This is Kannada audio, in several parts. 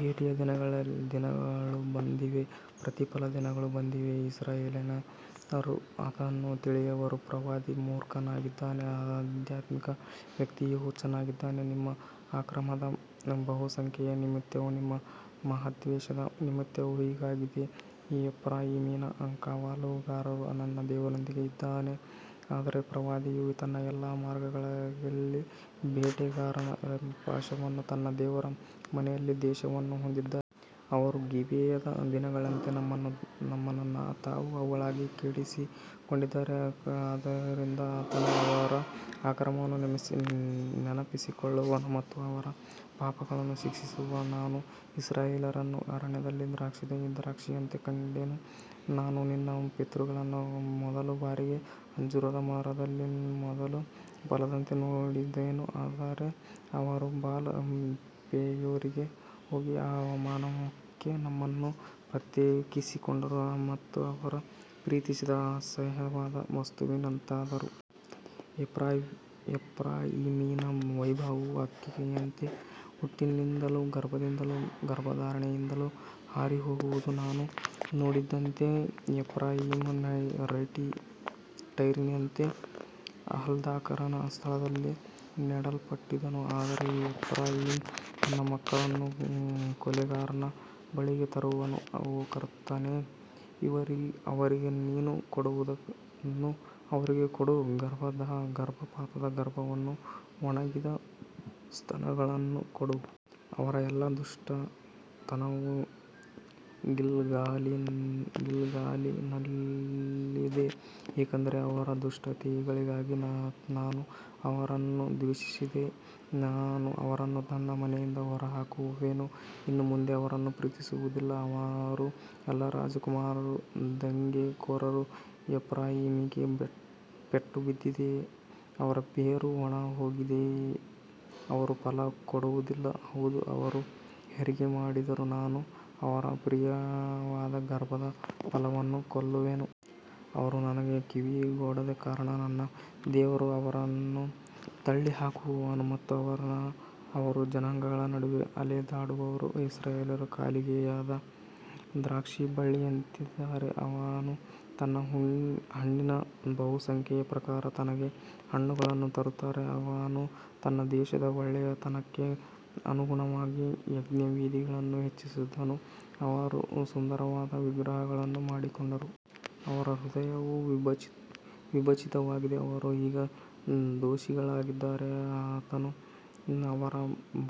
ಭೇಟಿಯ ದಿನಗಳು ಬಂದಿವೆ, ಪ್ರತಿಫಲದ ದಿನಗಳು ಬಂದಿವೆ, ಇಸ್ರಾಯೇಲ್ಯರು ಅದನ್ನು ತಿಳಿಯುವರು. ಪ್ರವಾದಿಯು ಮೂರ್ಖನಾಗಿದ್ದಾನೆ, ಆಧ್ಯಾತ್ಮಿಕ ವ್ಯಕ್ತಿಯು ಹುಚ್ಚನಾಗಿದ್ದಾನೆ, ನಿಮ್ಮ ಅಕ್ರಮದ ಬಹುಸಂಖ್ಯೆಯ ನಿಮಿತ್ತವೂ ನಿಮ್ಮ ಮಹಾದ್ವೇಷದ ನಿಮಿತ್ತವೂ ಹೀಗಾಗಿದೆ. ಎಫ್ರಾಯೀಮಿನ ಕಾವಲುಗಾರನು ನನ್ನ ದೇವರೊಂದಿಗೆ ಇದ್ದಾನೆ, ಆದರೆ ಪ್ರವಾದಿಯು ತನ್ನ ಎಲ್ಲಾ ಮಾರ್ಗಗಳಲ್ಲಿ ಬೇಟೆಗಾರನ ಪಾಶವನ್ನೂ ತನ್ನ ದೇವರ ಮನೆಯಲ್ಲಿ ದ್ವೇಷವನ್ನೂ ಹೊಂದಿದ್ದಾನೆ. ಅವರು ಗಿಬೆಯದ ದಿನಗಳಂತೆ ತಮ್ಮನ್ನು ತಾವು ಆಳವಾಗಿ ಕೆಡಿಸಿಕೊಂಡಿದ್ದಾರೆ, ಆದ್ದರಿಂದ ಆತನು ಅವರ ಅಕ್ರಮವನ್ನು ನೆನಪಿಸಿಕೊಳ್ಳುವನು ಮತ್ತು ಅವರ ಪಾಪಗಳನ್ನು ಶಿಕ್ಷಿಸುವನು. ನಾನು ಇಸ್ರಾಯೇಲ್ಯರನ್ನು ಅರಣ್ಯದಲ್ಲಿ ದ್ರಾಕ್ಷಿಯಂತೆ ಕಂಡೆನು, ನಾನು ನಿನ್ನ ಪಿತೃಗಳನ್ನು ಮೊದಲ ಬಾರಿಗೆ ಅಂಜೂರದ ಮರದಲ್ಲಿ ಮೊದಲ ಫಲದಂತೆ ನೋಡಿದೆನು, ಆದರೆ ಅವರು ಬಾಲ್ ಪೆಯೋರಿಗೆ ಹೋಗಿ ಆ ಅವಮಾನಕ್ಕೆ ತಮ್ಮನ್ನು ಪ್ರತ್ಯೇಕಿಸಿಕೊಂಡರು ಮತ್ತು ಅವರು ಪ್ರೀತಿಸಿದ ಅಸಹ್ಯವಾದ ವಸ್ತುವಿನಂತಾದರು. ಎಫ್ರಾಯೀಮಿನ ವೈಭವವು ಹಕ್ಕಿಯಂತೆ ಹುಟ್ಟಿನಿಂದಲೂ ಗರ್ಭದಿಂದಲೂ ಗರ್ಭಧಾರಣೆಯಿಂದಲೂ ಹಾರಿಹೋಗುವುದು. ನಾನು ನೋಡಿದಂತೆ ಎಫ್ರಾಯೀಮ್ ಟೈರಿನಂತೆ ಆಹ್ಲಾದಕರ ಸ್ಥಳದಲ್ಲಿ ನೆಡಲ್ಪಟ್ಟಿದ್ದನು, ಆದರೆ ಎಫ್ರಾಯೀಮ್ ತನ್ನ ಮಕ್ಕಳನ್ನು ಕೊಲೆಗಾರನ ಬಳಿಗೆ ತರುವನು. ಓ ಕರ್ತನೇ, ಅವರಿಗೆ ನೀನು ಕೊಡುವುದನ್ನು ಅವರಿಗೆ ಕೊಡು, ಗರ್ಭಪಾತದ ಗರ್ಭವನ್ನೂ ಒಣಗಿದ ಸ್ತನಗಳನ್ನೂ ಕೊಡು. ಅವರ ಎಲ್ಲಾ ದುಷ್ಟತನವು ಗಿಲ್ಗಾಲಿನಲ್ಲಿದೆ, ಏಕೆಂದರೆ ಅವರ ದುಷ್ಕೃತ್ಯಗಳಿಗಾಗಿ ನಾನು ಅವರನ್ನು ದ್ವೇಷಿಸಿದೆ. ನಾನು ಅವರನ್ನು ನನ್ನ ಮನೆಯಿಂದ ಹೊರಹಾಕುವೆನು, ಇನ್ನು ಮುಂದೆ ಅವರನ್ನು ಪ್ರೀತಿಸುವುದಿಲ್ಲ. ಅವರ ಎಲ್ಲಾ ರಾಜಕುಮಾರರು ದಂಗೆಕೋರರು. ಎಫ್ರಾಯೀಮಿಗೆ ಪೆಟ್ಟು ಬಿದ್ದಿದೆ, ಅವರ ಬೇರು ಒಣಗಿಹೋಗಿದೆ, ಅವರು ಫಲ ಕೊಡುವುದಿಲ್ಲ. ಹೌದು, ಅವರು ಹೆರಿಗೆ ಮಾಡಿದರೂ ನಾನು ಅವರ ಪ್ರಿಯವಾದ ಗರ್ಭದ ಫಲವನ್ನೂ ಕೊಲ್ಲುವೆನು. ಅವರು ನನಗೆ ಕಿವಿಗೊಡದ ಕಾರಣ ನನ್ನ ದೇವರು ಅವರನ್ನು ತಳ್ಳಿಹಾಕುವನು ಮತ್ತು ಅವರು ಜನಾಂಗಗಳ ನಡುವೆ ಅಲೆದಾಡುವರು. ಇಸ್ರಾಯೇಲ್ಯರು ಖಾಲಿಯಾದ ದ್ರಾಕ್ಷಿಬಳ್ಳಿಯಂತಿದ್ದಾರೆ, ಅವನು ತನ್ನ ಹಣ್ಣಿನ ಬಹುಸಂಖ್ಯೆಯ ಪ್ರಕಾರ ತನಗೆ ಹಣ್ಣುಗಳನ್ನು ತರುತ್ತಾನೆ. ಅವನು ತನ್ನ ದೇಶದ ಒಳ್ಳೆಯತನಕ್ಕೆ ಅನುಗುಣವಾಗಿ ಯಜ್ಞವೇದಿಗಳನ್ನು ಹೆಚ್ಚಿಸಿದನು, ಅವರು ಸುಂದರವಾದ ವಿಗ್ರಹಗಳನ್ನು ಮಾಡಿಕೊಂಡರು. ಅವರ ಹೃದಯವು ವಿಭಜಿತವಾಗಿದೆ, ಅವರು ಈಗ ದೋಷಿಗಳಾಗಿದ್ದಾರೆ. ಆತನು ಅವರ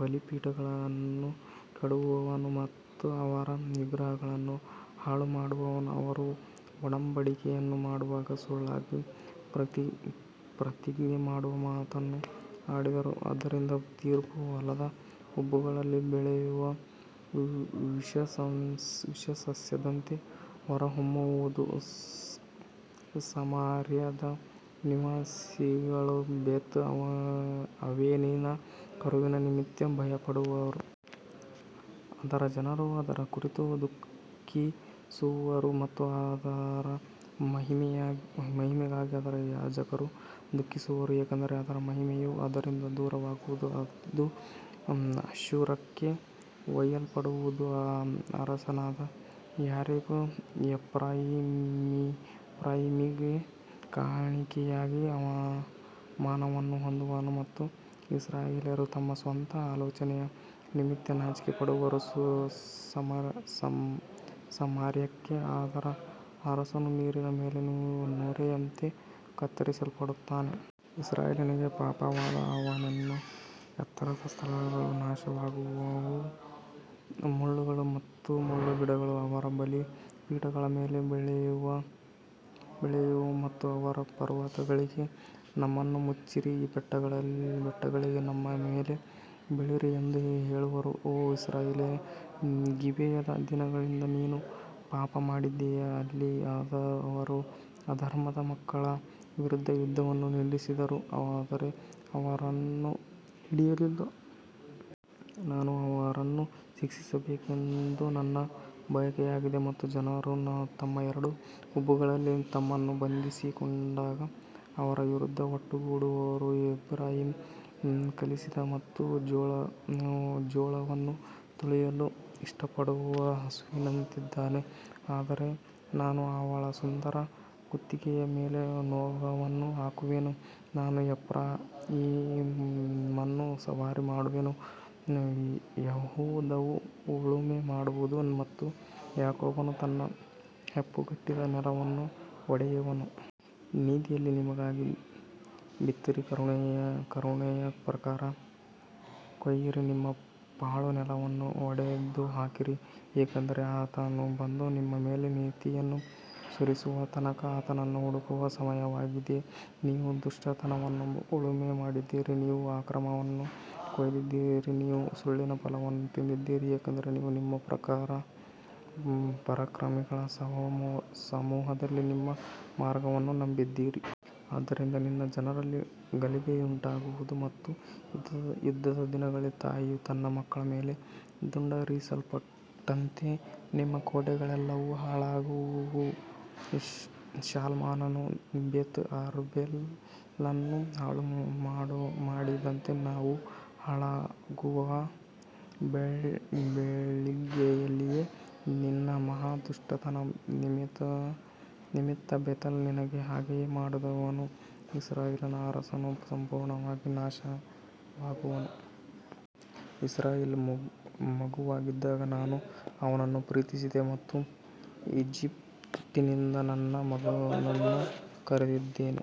ಬಲಿಪೀಠಗಳನ್ನು ಕೆಡವುವನು ಮತ್ತು ಅವರ ವಿಗ್ರಹಗಳನ್ನು ಹಾಳುಮಾಡುವನು. ಅವರು ಒಡಂಬಡಿಕೆಯನ್ನು ಮಾಡುವಾಗ ಸುಳ್ಳಾಗಿ ಪ್ರತಿಜ್ಞೆ ಮಾಡುವ ಮಾತುಗಳನ್ನು ಆಡಿದರು, ಆದ್ದರಿಂದ ತೀರ್ಪು ಹೊಲದ ಉಬ್ಬುಗಳಲ್ಲಿ ಬೆಳೆಯುವ ವಿಷಸಸ್ಯದಂತೆ ಹೊರಹೊಮ್ಮುವುದು. ಸಮಾರ್ಯದ ನಿವಾಸಿಗಳು ಬೇತ್ ಆವೆನಿನ ಕರುವಿನ ನಿಮಿತ್ತ ಭಯಪಡುವರು. ಅದರ ಜನರು ಅದರ ಕುರಿತು ದುಃಖಿಸುವರು ಮತ್ತು ಅದರ ಮಹಿಮೆಗಾಗಿ ಅದರ ಯಾಜಕರು ದುಃಖಿಸುವರು, ಏಕೆಂದರೆ ಅದರ ಮಹಿಮೆಯು ಅದರಿಂದ ದೂರವಾಗುವುದು. ಅದು ಅಶ್ಶೂರಕ್ಕೆ ಒಯ್ಯಲ್ಪಡುವುದು, ಅರಸನಾದ ಯಾರೆಬ್ ಎಫ್ರಾಯೀಮಿಗೆ ಕಾಣಿಕೆಯಾಗಿ ಅವಮಾನವನ್ನು ಹೊಂದುವನು ಮತ್ತು ಇಸ್ರಾಯೇಲ್ಯರು ತಮ್ಮ ಸ್ವಂತ ಆಲೋಚನೆಯ ನಿಮಿತ್ತ ನಾಚಿಕೆಪಡುವರು. ಸಮಾರ್ಯಕ್ಕೆ ಅದರ ಅರಸನು ನೀರಿನ ಮೇಲಿನ ನೊರೆಯಂತೆ ಕತ್ತರಿಸಲ್ಪಟ್ಟಿದ್ದಾನೆ. ಇಸ್ರಾಯೇಲಿನ ಪಾಪವಾದ ಅವೆನ್ನಿನ ಎತ್ತರದ ಸ್ಥಳಗಳು ನಾಶವಾಗುವವು, ಮುಳ್ಳುಗಳು ಮತ್ತು ಮುಳ್ಳುಗಿಡಗಳು ಅವರ ಬಲಿಪೀಠಗಳ ಮೇಲೆ ಬೆಳೆಯುವವು ಮತ್ತು ಅವರು ಪರ್ವತಗಳಿಗೆ, ನಮ್ಮನ್ನು ಮುಚ್ಚಿರಿ, ಬೆಟ್ಟಗಳಿಗೆ, ನಮ್ಮ ಮೇಲೆ ಬೀಳಿರಿ ಎಂದು ಹೇಳುವರು. ಓ ಇಸ್ರಾಯೇಲೇ, ಗಿಬೆಯದ ದಿನಗಳಿಂದ ನೀನು ಪಾಪಮಾಡಿದ್ದೀಯ. ಅಲ್ಲಿ ಅವರು ಅಧರ್ಮದ ಮಕ್ಕಳ ವಿರುದ್ಧ ಯುದ್ಧವನ್ನು ನಿಲ್ಲಿಸಿದರು, ಆದರೆ ಅವರನ್ನು ಹಿಡಿಯಲಿಲ್ಲ. ನಾನು ಅವರನ್ನು ಶಿಕ್ಷಿಸಬೇಕೆಂಬುದು ನನ್ನ ಬಯಕೆಯಾಗಿದೆ ಮತ್ತು ಜನರು ತಮ್ಮ ಎರಡು ಉಬ್ಬುಗಳಲ್ಲಿ ತಮ್ಮನ್ನು ಬಂಧಿಸಿಕೊಂಡಾಗ ಅವರ ವಿರುದ್ಧ ಒಟ್ಟುಗೂಡುವರು. ಎಫ್ರಾಯೀಮ್ ಕಲಿಸಿದ ಮತ್ತು ಜೋಳವನ್ನು ತುಳಿಯಲು ಇಷ್ಟಪಡುವ ಹಸುವಿನಂತಿದ್ದಾನೆ, ಆದರೆ ನಾನು ಅವಳ ಸುಂದರ ಕುತ್ತಿಗೆಯ ಮೇಲೆ ನೊಗವನ್ನು ಹಾಕುವೆನು. ನಾನು ಎಫ್ರಾಯೀಮನ್ನು ಸವಾರಿ ಮಾಡುವೆನು, ಯೆಹೂದವು ಉಳುಮೆ ಮಾಡುವುದು ಮತ್ತು ಯಾಕೋಬನು ತನ್ನ ಹೆಪ್ಪುಗಟ್ಟಿದ ನೆಲವನ್ನು ಒಡೆಯುವನು. ನೀತಿಯಲ್ಲಿ ನಿಮಗಾಗಿ ಬಿತ್ತಿರಿ, ಕರುಣೆಯ ಪ್ರಕಾರ ಕೊಯ್ಯಿರಿ, ನಿಮ್ಮ ಪಾಳು ನೆಲವನ್ನು ಒಡೆದುಹಾಕಿರಿ, ಏಕೆಂದರೆ ಆತನು ಬಂದು ನಿಮ್ಮ ಮೇಲೆ ನೀತಿಯನ್ನು ಸುರಿಸುವ ತನಕ ಆತನನ್ನು ಹುಡುಕುವ ಸಮಯವಾಗಿದೆ. ನೀವು ದುಷ್ಟತನವನ್ನು ಉಳುಮೆ ಮಾಡಿದ್ದೀರಿ, ನೀವು ಅಕ್ರಮವನ್ನು ಕೊಯ್ದಿದ್ದೀರಿ, ನೀವು ಸುಳ್ಳಿನ ಫಲವನ್ನು ತಿಂದಿದ್ದೀರಿ, ಏಕೆಂದರೆ ನೀವು ನಿಮ್ಮ ಪರಾಕ್ರಮಿಗಳ ಸಮೂಹದಲ್ಲಿ ನಿಮ್ಮ ಮಾರ್ಗವನ್ನು ನಂಬಿದ್ದೀರಿ. ಆದ್ದರಿಂದ ನಿನ್ನ ಜನರಲ್ಲಿ ಗಲಭೆಯುಂಟಾಗುವುದು ಮತ್ತು ಯುದ್ಧದ ದಿನದಲ್ಲಿ ತಾಯಿಯು ತನ್ನ ಮಕ್ಕಳ ಮೇಲೆ ತುಂಡರಿಸಲ್ಪಟ್ಟಂತೆ ನಿಮ್ಮ ಕೋಟೆಗಳೆಲ್ಲವೂ ಹಾಳಾಗುವವು. ಶಾಲ್ಮಾನನು ಬೇತ್ ಅರ್ಬೇಲನ್ನು ಹಾಳುಮಾಡಿದಂತೆ ಅವು ಹಾಳಾಗುವವು. ಬೆಳಿಗ್ಗೆಯಲ್ಲಿಯೇ ನಿನ್ನ ಮಹಾ ದುಷ್ಟತನದ ನಿಮಿತ್ತ ಬೇತೇಲ್ ನಿನಗೆ ಹಾಗೆಯೇ ಮಾಡುವನು. ಇಸ್ರಾಯೇಲಿನ ಅರಸನು ಸಂಪೂರ್ಣವಾಗಿ ನಾಶವಾಗುವನು. ಇಸ್ರಾಯೇಲ್ ಮಗುವಾಗಿದ್ದಾಗ ನಾನು ಅವನನ್ನು ಪ್ರೀತಿಸಿದೆ ಮತ್ತು ಈಜಿಪ್ಟಿನಿಂದ ನನ್ನ ಮಗನನ್ನು ಕರೆದಿದ್ದೇನೆ.